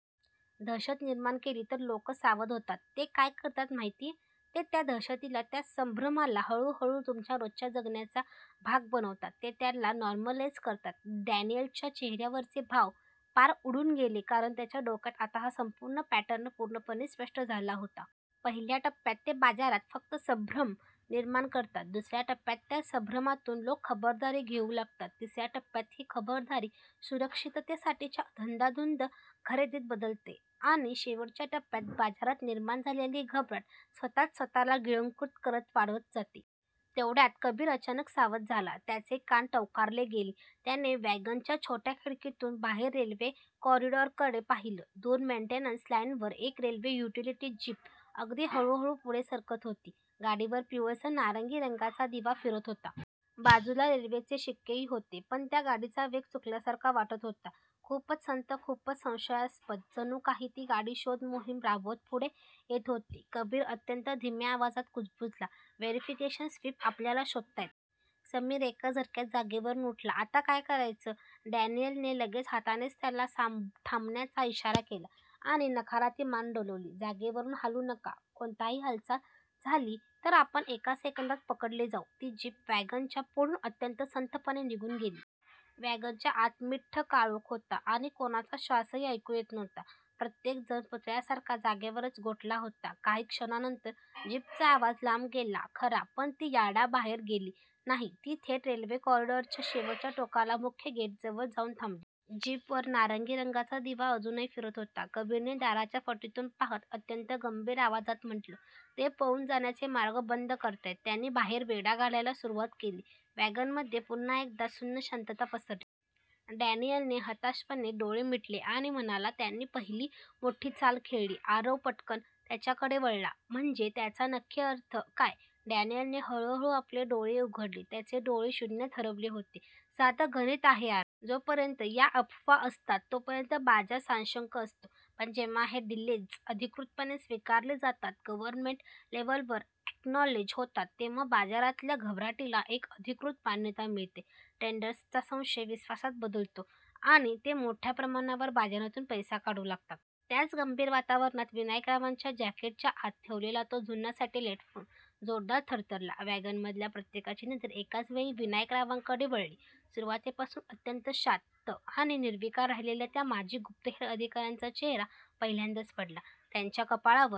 दहशत निर्माण केली तर लोक सावध होतात. ते काय करतात माहितीये? ते त्या दहशतीला, त्या संभ्रमाला हळूहळू तुमच्या रोजच्या जगण्याचा भाग बनवतात. ते त्याला 'नॉर्मलाईज' करतात. डॅनियलच्या चेहऱ्यावरचे भाव पार उडून गेले कारण त्याच्या डोक्यात आता हा संपूर्ण पॅटर्न पूर्णपणे स्पष्ट झाला होता. पहिल्या टप्प्यात ते बाजारात फक्त 'संभ्रम' निर्माण करतात. दुसऱ्या टप्प्यात त्या संभ्रमातून लोक 'खबरदारी' घेऊ लागतात. तिसऱ्या टप्प्यात ही खबरदारी सुरक्षिततेसाठीच्या 'अंधाधुंद खरेदीत' बदलते आणि शेवटच्या टप्प्यात बाजारात निर्माण झालेली घबराट स्वतःच स्वतःला गिळंकृत करत वाढत जाते. तेवढ्यात कबीर अचानक सावध झाला. त्याचे कान टवकारले गेले. त्याने वॅगनच्या छोट्या खिडकीतून बाहेर रेल्वे कॉरिडॉरकडे पाहिलं. दूर मेंटेनन्स लाईनवर एक रेल्वे युटिलिटी जीप अगदी हळूहळू पुढे सरकत होती. गाडीवर पिवळसर नारंगी रंगाचा दिवा फिरत होता. बाजूला रेल्वेचे शिक्केही होते. पण त्या गाडीचा वेग चुकल्यासारखा वाटत होता. खूपच संथ खूपच संशयास्पद. जणू काही ती गाडी शोध मोहीम राबवत पुढे येत होती. कबीर अत्यंत धीम्या आवाजात कुजबुजला, "व्हॅरिफिकेशन स्वीप आपल्याला शोधतायत." समीर एका झटक्यात जागेवरून उठला, "आता काय करायचं? " डॅनियलने लगेच हातानेच त्याला थांबण्याचा इशारा केला आणि नकारार्थी मान डोलवली, "जागेवरून हालू नका. कोणतीही हालचाल झाली, तर आपण एका सेकंदात पकडले जाऊ." ती जीप वॅगनच्या पुढून अत्यंत संथपणे निघून गेली. वॅगनच्या आत मिट्ट काळोख होता आणि कोणाचा श्वासही ऐकू येत नव्हता. प्रत्येक जण पुतळ्यासारखा जागेवरच गोठला होता. काही क्षणांनंतर जीपचा आवाज लांब गेला खरा, पण ती यार्डाबाहेर गेली नाही. ती थेट रेल्वे कॉरिडॉरच्या शेवटच्या टोकाला, मुख्य गेटजवळ जाऊन थांबली. जीपवर नारंगी रंगाचा दिवा अजूनही फिरत होता. कबीरने दाराच्या फटीतून पाहत अत्यंत गंभीर आवाजात म्हटलं, "ते पळून जाण्याचे मार्ग बंद करतायत. त्यांनी बाहेर वेढा घालायला सुरुवात केलीये." वॅगनमध्ये पुन्हा एकदा सुन्न शांतता पसरली. डॅनियलने हताशपणे डोळे मिटले आणि म्हणाला, "त्यांनी पहिली मोठी चाल खेळली." आरव पटकन त्याच्याकडे वळला, "म्हणजे? याचा नक्की अर्थ काय? " डॅनियलने हळूहळू आपले डोळे उघडले, त्याचे डोळे शून्यात हरवले होते, "साधं गणित आहे आरव. जोपर्यंत या अफवा असतात, तोपर्यंत बाजार साशंक असतो. पण जेव्हा हे डिलेज अधिकृतपणे स्वीकारले जातात, गव्हर्नमेंट लेव्हलवर अॅक्नॉलेज होतात. तेव्हा बाजारातल्या घबराटीला एक अधिकृत मान्यता मिळते. ट्रेडर्सचा संशय विश्वासात बदलतो आणि ते मोठ्या प्रमाणावर बाजारातून पैसा काढू लागतात." त्याच गंभीर वातावरणात, विनायकरावांच्या जॅकेटच्या आत ठेवलेला तो जुना सॅटेलाईट फोन जोरदार थरथरला. वॅगनमधल्या प्रत्येकाची नजर एकाच वेळी विनायकरावांकडे वळली. सुरुवातीपासून अत्यंत शांत आणि निर्विकार राहिलेल्या त्या माजी गुप्तहेर अधिकाऱ्याचा चेहरा पहिल्यांदाच पडला. त्यांच्या कपाळावर